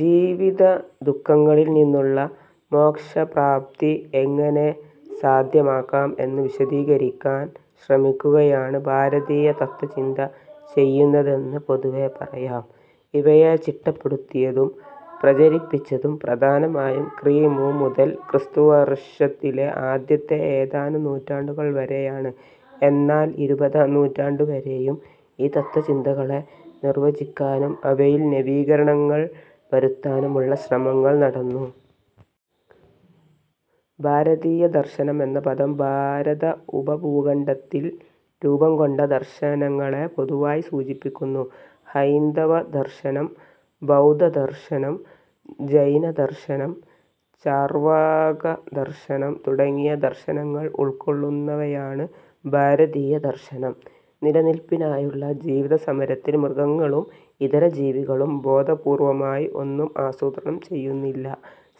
ജീവിതദു:ഖങ്ങളിൽ നിന്നുള്ള മോക്ഷപ്രാപ്തി എങ്ങനെ സാധ്യമാക്കാം എന്നു വീശദീകരിക്കാൻ ശ്രമിക്കുകയാണ് ഭാരതീയ തത്ത്വചിന്ത ചെയ്യുന്നതെന്ന് പൊതുവെ പറയാം. ഇവയെ ചിട്ടപ്പെടുത്തിയതും പ്രചരിപ്പിച്ചതും പ്രധാനമായും ക്രി. മു. മുതൽ ക്രിസ്തുവർഷത്തിലെ ആദ്യത്തെ ഏതാനും നൂറ്റാണ്ടുകൾ വരെയാണ്. എന്നാൽ ഇരുപതാം നൂറ്റാണ്ടുവരെയും ഈ തത്ത്വചിന്തകളെ നിർവചിക്കാനും അവയിൽ നവീകരണങ്ങൾ വരുത്താനുമുള്ള ശ്രമങ്ങൾ നടന്നു. ഭാരതീയദർശനം എന്ന പദം ഭാരതഉപഭൂഖണ്ഡത്തിൽ രൂപം കൊണ്ട ദർശനങ്ങളെ പൊതുവായി സൂചിപ്പിക്കുന്നു. ഹൈന്ദവദർശനം, ബൗദ്ധദർശനം, ജൈനദർശനം, ചർവാകദർശനം തുടങ്ങിയ ദർശനങ്ങൾ ഉൾക്കൊള്ളുന്നവയാണ് ഭാരതീയദർശനം. നിലനില്പിനായുള്ള ജീവിതസമരത്തിൽ, മൃഗങ്ങളും ഇതര ജീവികളും ബോധപൂർവമായി ഒന്നും ആസൂത്രണം ചെയ്യുന്നില്ല.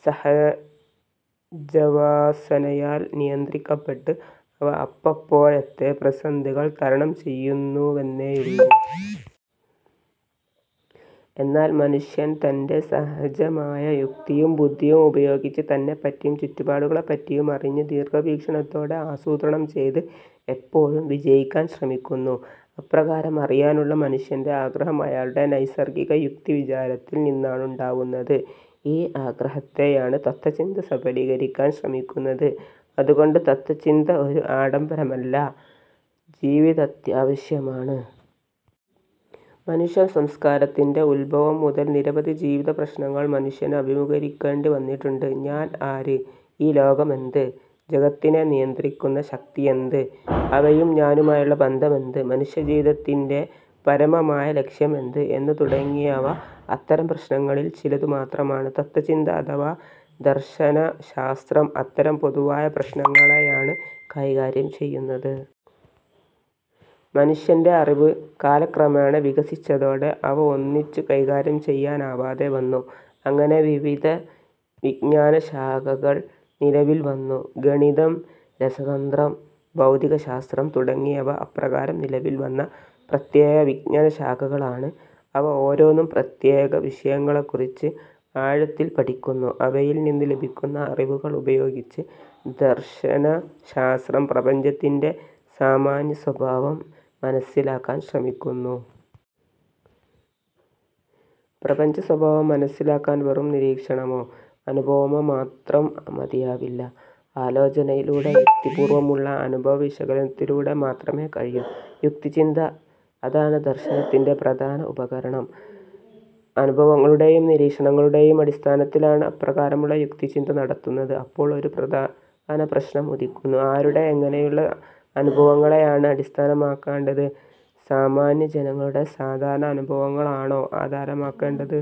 സഹജവാസനയാൽ നിയന്ത്രിക്കപ്പെട്ട്, അവ, അപ്പപ്പോഴത്തെ പ്രതിസന്ധികൾ തരണം ചെയ്യുന്നുവെന്നേയുള്ളൂ. എന്നാൽ മനുഷ്യൻ, തൻറെ സഹജമായ യുക്തിയും ബുദ്ധിയും ഉപയോഗിച്ച്, തന്നെപ്പറ്റിയും ചുറ്റുപാടുകളെപ്പറ്റിയും അറിഞ്ഞ്, ദീർഘവീക്ഷണത്തോടെ ആസൂത്രണം ചെയ്ത്, എപ്പോഴും വിജയിക്കാൻ ശ്രമിക്കുന്നു. അപ്രകാരം അറിയാനുള്ള മനുഷ്യൻറെ ആഗ്രഹം അയാളുടെ നൈസർഗിക യുക്തിവിചാരത്തിൽ നിന്നാണുണ്ടാവുന്നത്. ഈ ആഗ്രഹത്തെയാണ് തത്ത്വചിന്ത സഫലീകരിക്കാൻ ശ്രമിക്കുന്നത്. അതുകൊണ്ട് തത്ത്വചിന്ത ഒരു ആഡംബരമല്ല, ജീവിതാവശ്യമാണ്. മനുഷ്യസംസ്കാരത്തിൻറെ ഉദ്ഭവം മുതൽ നിരവധി ജീവിതപ്രശ്നങ്ങൾ മനുഷ്യന് അഭിമുഖീകരിക്കേണ്ടി വന്നിട്ടുണ്ട്. ഞാൻ ആര്? ഈ ലോകമെന്ത്? ജഗത്തിനെ നിയന്ത്രിക്കുന്ന ശക്തിയെന്ത്? അവയും ഞാനുമായുള്ള ബന്ധമെന്ത്? മനുഷ്യജീവിതത്തിന്റെ പരമമായ ലക്ഷ്യം എന്ത്? എന്നു തുടങ്ങിയവ അത്തരം പ്രശ്നങ്ങളിൽ ചിലതു മാത്രമാണ്. തത്ത്വചിന്ത അഥവാ ദർശനശാസ്ത്രം അത്തരം പൊതുവായ പ്രശ്നങ്ങളെയാണ് കൈകാര്യം ചെയ്യുന്നത്. മനുഷ്യൻറെ അറിവ് കാലക്രമേണ വികസിച്ചതോടെ അവ ഒന്നിച്ചു കൈകാര്യം ചെയ്യനാവാതെ വന്നു. അങ്ങനെ വിവിധ വിജ്ഞാനശാഖകൾ നിലവിൽ വന്നു. ഗണിതം, രസതന്ത്രം, ഭൌതികശാസ്ത്രം തുടങ്ങിയവ അപ്രകാരം നിലവിൽ വന്ന പ്രത്യേകവിജ്ഞാനശാഖകളാണ്. അവ ഓരോന്നും പ്രത്യേകവിഷയങ്ങളെക്കുറിച്ച് ആഴത്തിൽ പഠിക്കുന്നു. അവയിൽ നിന്നു ലഭിക്കുന്ന അറിവുകൾ ഉപയോഗിച്ച്, ദർശനശാസ്ത്രം പ്രപഞ്ചത്തിൻറെ സാമാന്യസ്വഭാവം മനസ്സിലാകാൻ ശ്രമിക്കുന്നു. പ്രപഞ്ചസ്വഭാവം മനസ്സിലാക്കാൻ വെറും നിരീക്ഷണമോ, അനുഭവമോ മാത്രം മതിയാവില്ല. ആലോചനയിലൂടെ, യുക്തിപൂർവമുള്ള അനുഭവവിശകലനത്തിലൂടെ, മാത്രമേ കഴിയൂ. യുക്തിചിന്ത, അതാണ് ദർശനശാസ്ത്രത്തിൻറെ പ്രധാന ഉപകരണം. അനുഭവങ്ങളുടെയും, നിരീക്ഷണങ്ങളെടെയും അടിസ്ഥാനത്തിലാണ് അപ്രകാരമുള്ള യുക്തിചിന്ത നടത്തുന്നത്. അപ്പോൾ ഒരു പ്രധാനപ്രശ്നം ഉദിക്കുന്നു. ആരുടെ, എങ്ങനെയുള്ള അനുഭവങ്ങളെയാണ് അടിസ്ഥാനമാക്കേണ്ടത്? സാമാന്യജനങ്ങളുടെ സാധാരണ അനുഭവങ്ങളാണോ ആധാരമാക്കേണ്ടത്?